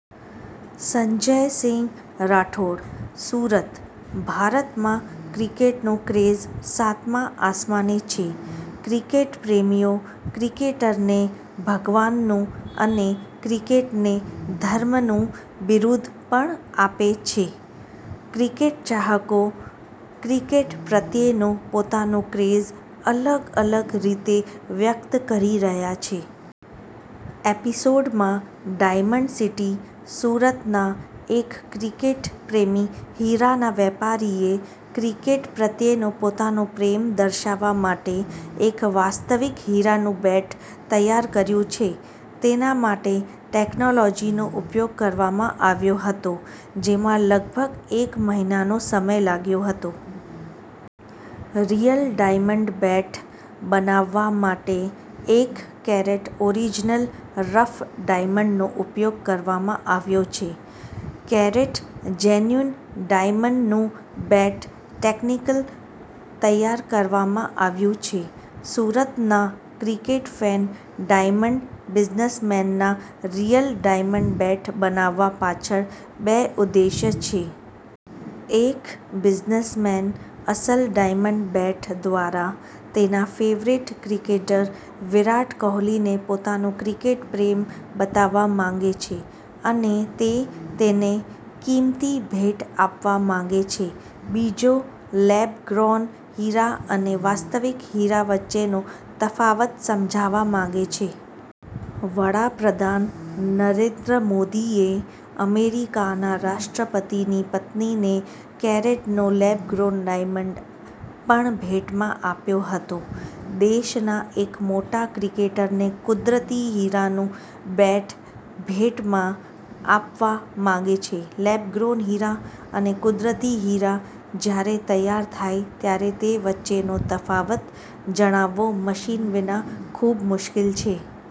સંજયસિંહ રાઠોડ. સુરતઃ ભારતમાં ક્રિકેટનો ક્રેઝ સાતમા આસમાને છે. ક્રિકેટ પ્રેમીઓ ક્રિકેટરને ભગવાનનું અને ક્રિકેટને ધર્મનું બિરુદ પણ આપે છે. ક્રિકેટ ચાહકો ક્રિકેટ પ્રત્યેનો પોતાનો ક્રેઝ અલગ અલગ રીતે વ્યક્ત કરી રહ્યા છે. એપિસોડમાં ડાયમંડ સિટી સુરતના એક ક્રિકેટ પ્રેમી હીરાના વેપારીએ ક્રિકેટ પ્રત્યેનો પોતાનો પ્રેમ દર્શાવવા માટે એક વાસ્તવિક હીરાનું બેટ તૈયાર કર્યું છે. તેના માટે ટેક્નોલોજીનો ઉપયોગ કરવામાં આવ્યો હતો, જેમાં લગભગ એક મહિનાનો સમય લાગ્યો હતો. રિયલ ડાયમંડ બેટ બનાવવા માટે એક કેરેટ ઓરિજિનલ રફ ડાયમંડનો ઉપયોગ કરવામાં આવ્યો છે. કેરેટ જેન્યુઈન ડાયમંડનુંબેટ ટેકનિકલ તૈયાર કરવામાં આવ્યું છે. સુરતના ક્રિકેટ ફેન ડાયમંડ બિઝનેસમેનના રિયલ ડાયમંડ બેટ બનાવવા પાછળ બે ઉદ્દેશ્ય છે. એક બિઝનેસમેનઅસલ ડાયમંડ બેટ દ્વારા તેના ફેવરિટ ક્રિકેટર વિરાટ કોહલીને પોતાનો ક્રિકેટ પ્રેમ બતાવવા માંગે છે અને તે તેનેકિંમતી ભેટ આપવા માંગે છે. બીજો લેબગ્રોન હીરા અને વાસ્તવિક હીરા વચ્ચેનો તફાવત સમજાવવા માંગે છે. વડાપ્રધાન નરેન્દ્ર મોદીએ અમેરિકાના રાષ્ટ્રપતિની પત્નીને કેરેટનો લેબગ્રોન ડાયમંડ પણ ભેટમાં આપ્યો હતો. દેશના એક મોટા ક્રિકેટરને કુદરતી હીરાનું બેટ ભેટમાં આપવા માગે છે. લેબગ્રોન હીરા અને કુદરતી હીરા જ્યારે તૈયાર થાય ત્યારે તે વચ્ચેનો તફાવત જણાવવો મશીન વિના ખૂબમુશ્કેલ છે.